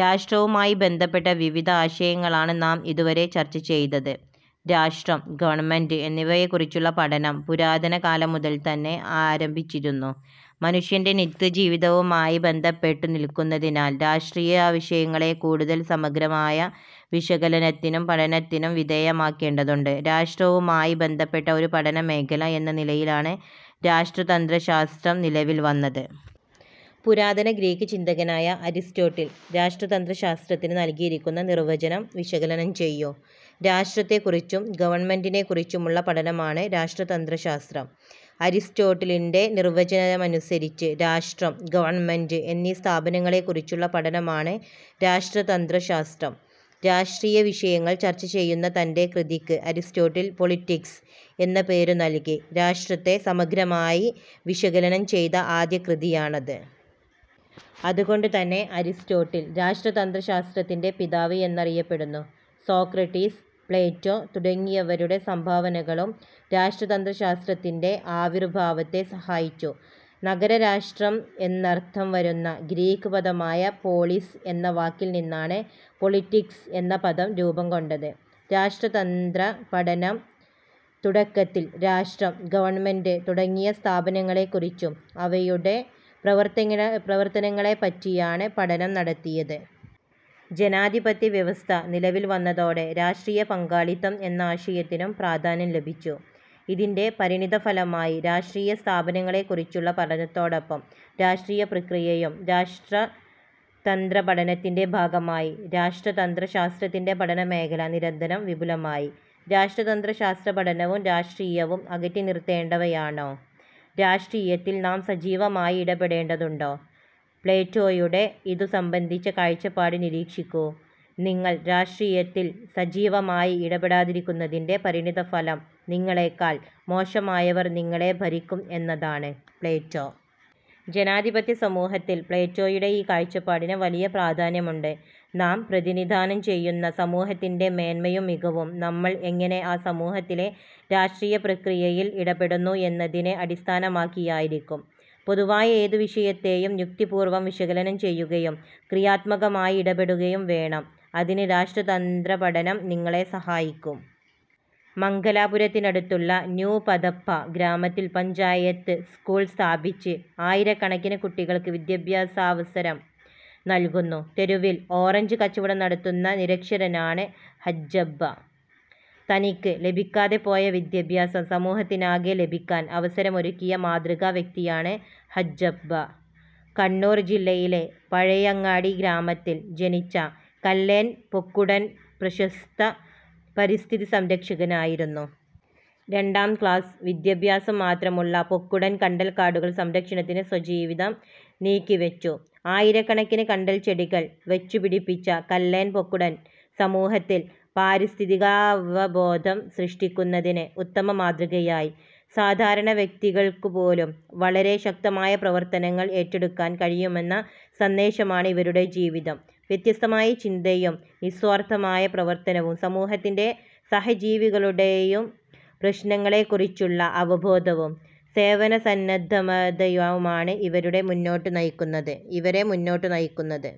രാഷ്ട്രവുമായി ബന്ധപ്പെട്ട വിവിധ ആശയങ്ങളാണ് നാം ഇതുവരെ ചർച്ച ചെയ്തത്. രാഷ്ട്രം, ഗവൺമെന്റ് എന്നിവയെക്കുറിച്ചുള്ള പഠനം പുരാതന കാലം മുതൽതന്നെ ആരംഭിച്ചിരുന്നു. മനുഷ്യന്റെ നിത്യജീവിതവുമായി ബന്ധപ്പെട്ടു നിൽക്കുന്നതിനാൽ രാഷ്ട്രീയവിഷയങ്ങളെ കൂടുതൽ സമഗ്രമായ വിശകലനത്തിനും പഠനത്തിനും വിധേയമാക്കേണ്ടതുണ്ട്. രാഷ്ട്രവുമായി ബന്ധപ്പെട്ട ഒരു പഠനമേഖല എന്ന നിലയിലാണ് രാഷ്ട്രതന്ത്രശാസ്ത്രം നിലവിൽ വന്നത്. പുരാതന ഗ്രീക്ക് ചിന്തകനായ അരിസ്റ്റോട്ടിൽ രാഷ്ട്രതന്ത്രശാസ്ത്രത്തിന് നൽകിയിരിക്കുന്ന നിർവചനം വിശകലനം ചെയ്യൂ. രാഷ്ട്രത്തെക്കുറിച്ചും ഗവൺമെന്റിനെക്കുറിച്ചുമുള്ള പഠനമാണ് രാഷ്ട്രതന്ത്രശാസ്ത്രം അരിസ്റ്റോട്ടിലിന്റെ നിർവചനമനുസരിച്ച് രാഷ്ട്രം, ഗവൺമെന്റ് എന്നീ സ്ഥാപനങ്ങളെക്കുറിച്ചുള്ള പഠനമാണ് രാഷ്ട്രതന്ത്രശാസ്ത്രം. രാഷ്ട്രീയവിഷയങ്ങൾ ചർച്ചചെയ്യുന്ന തന്റെ കൃതിക്ക് അരിസ്റ്റോട്ടിൽ പൊളിറ്റിക്സ്' എന്ന പേരു നൽകി. രാഷ്ട്രത്തെ സമഗ്രമായി വിശകലനം ചെയ്ത ആദ്യകൃതിയാണത്. അതുകൊണ്ടുതന്നെ അരിസ്റ്റോട്ടിൽ രാഷ്ട്രതന്ത്രശാസ്ത്രത്തിന്റെ പിതാവ് എന്നറിയപ്പെടുന്നു. സോക്രട്ടീസ്, പ്ലേറ്റോ തുടങ്ങിയവരുടെ സംഭാവനകളും രാഷ്ട്രതന്ത്രശാസ്ത്രത്തിന്റെ ആവിർഭാവത്തെ സഹായിച്ചു. നഗരരാഷ്ട്രംഎന്നർഥം വരുന്ന ഗ്രീക്ക് പദമായ പോളിസ് എന്ന വാക്കിൽനിന്നാണ് പൊളിറ്റിക്സ്' എന്ന പദം രൂപം കൊണ്ടത്. രാഷ്ട്രതന്ത്ര പഠനം തുടക്കത്തിൽ രാഷ്ട്രം, ഗവൺമെന്റ് തുടങ്ങിയ സ്ഥാപനങ്ങളെക്കുറിച്ചും അവയുടെ പ്രവർത്തനങ്ങളെപ്പറ്റിയുമാണ് പഠനം നടത്തിയത്. ജനാധിപത്യ വ്യവസ്ഥ നിലവിൽവന്നതോടെ രാഷ്ട്രീയപങ്കാളിത്തം എന്ന ആശയത്തിനും പ്രാധാന്യം ലഭിച്ചു. ഇതിന്റെ പരിണതഫലമായി രാഷ്ട്രീയസ്ഥാപനങ്ങളെക്കുറിച്ചുള്ള പഠനത്തോടൊപ്പം രാഷ്ട്രീയപ്രക്രിയയും രാഷ്ട്രതന്ത്രപഠനത്തിന്റെ ഭാഗമായി. രാഷ്ട്രതന്ത്ര ശാസ്ത്രത്തിന്റെ പഠനമേഖല നിരന്തരം വിപുലമായി. രാഷ്ട്രതന്ത്രശാസ്ത്രപഠനവും രാഷ്ട്രീയവും അകറ്റിനിർത്തേണ്ടവയാണോ? രാഷ്ട്രീയത്തിൽ നാം സജീവമായി ഇടപെടേണ്ടതുണ്ടോ? പ്ലേറ്റോയുടെ ഇതു സംബന്ധിച്ച കാഴ്ചപ്പാട് നിരീക്ഷിക്കൂ. നിങ്ങൾ രാഷ്ട്രിയത്തിൽ സജീവമായി ഇടപെടാതിരിക്കുന്നതിന്റെ പരിണിത ഫലം നിങ്ങളേക്കാൾ മോശമായവർ നിങ്ങളെ ഭരിക്കും എന്നതാണ്-പ്ലേറ്റോ. ജനാധിപത്യസമൂഹത്തിൽ പ്ലേറ്റോയുടെ ഈ കാഴ്ചപ്പാടിന് വലിയപ്രാധാന്യമുണ്ട്. നാം പ്രതിനിധാനം ചെയ്യുന്ന സമൂഹത്തിന്റെ മേന്മയും മികവും നമ്മൾ എങ്ങനെ ആ സമൂഹത്തിലെ രാഷ്ട്രീയ പ്രക്രിയയിൽ ഇടപെടുന്നു എന്നതിനെ അടിസ്ഥാനമാക്കിയായിരിക്കും. പൊതുവായ ഏതു വിഷയത്തെയും യുക്തിപൂർവം വിശകലനം ചെയ്യുകയും ക്രിയാത്മകമായി ഇടപെടുകയും വേണം. ഇതിന് രാഷ്ട്രതന്ത്രപഠനം നിങ്ങളെ സഹായിക്കും. മംഗലാപുരത്തിനടുത്തുള്ള ന്യൂ പദപ്പ ഗ്രാമത്തിൽ പഞ്ചായത്ത് സ്കൂൾ സ്ഥാപിച്ച് ആയിരക്കണക്കിന് കുട്ടികൾക്ക് വിദ്യാഭ്യാസാവസരം നൽകുന്നു. തെരുവിൽ ഓറഞ്ച് കച്ചവടം നടത്തുന്ന നിരക്ഷരനാണ് ഹജ്ജബ്ബ. തനിക്ക് ലഭിക്കാതെപോയ വിദ്യാഭ്യാസം സമൂഹത്തിനാകെ ലഭിക്കാൻ അവസരമൊരുക്കിയ മാതൃകാ വ്യക്തിയാണ് ഹജ്ജബ്ബ. കണ്ണൂർ ജില്ലയിലെ പഴയങ്ങാടി ഗ്രാമത്തിൽ ജനിച്ച കല്ലേൻ പൊക്കുടൻ പ്രശസ്ത പരിസ്ഥിതി സംരക്ഷകനായിരുന്നു. രണ്ടാം ക്ലാസ് വിദ്യാഭ്യാസം മാത്രമുള്ള പൊക്കുടൻ കണ്ടൽക്കാടുകളുടെ സംരക്ഷണത്തിന് സ്വജീവിതം നീക്കിവച്ചു. ആയിരക്കണക്കിന് കണ്ടൽച്ചെടികൾ വച്ചുപിടിപ്പിച്ച കല്ലേൻ പൊക്കുടൻ സമൂഹത്തിൽ പാരിസ്ഥിതികാവബോധം സൃഷ്ടിക്കുന്നതിന് ഉത്തമമാതൃകയായി. സാധാരണ വ്യക്തികൾക്കുപോലും വളരെ ശക്തമായ പ്രവർത്തനങ്ങൾ ഏറ്റെടുക്കാൻ കഴിയുമെന്ന സന്ദേശമാണ് ഇവരുടെ ജീവിതം. വ്യത്യസ്തമായ ചിന്തയും നിസ്വാർഥമായ പ്രവർത്തനവും സമൂഹത്തിന്റെയും സഹജീവികളുടെയും പ്രശ്നങ്ങളെക്കുറിച്ചുള്ള അവബോധവും സേവനസന്നദ്ധതയുമാണ് ഇവരെ മുന്നോട്ടു നയിക്കുന്നത്.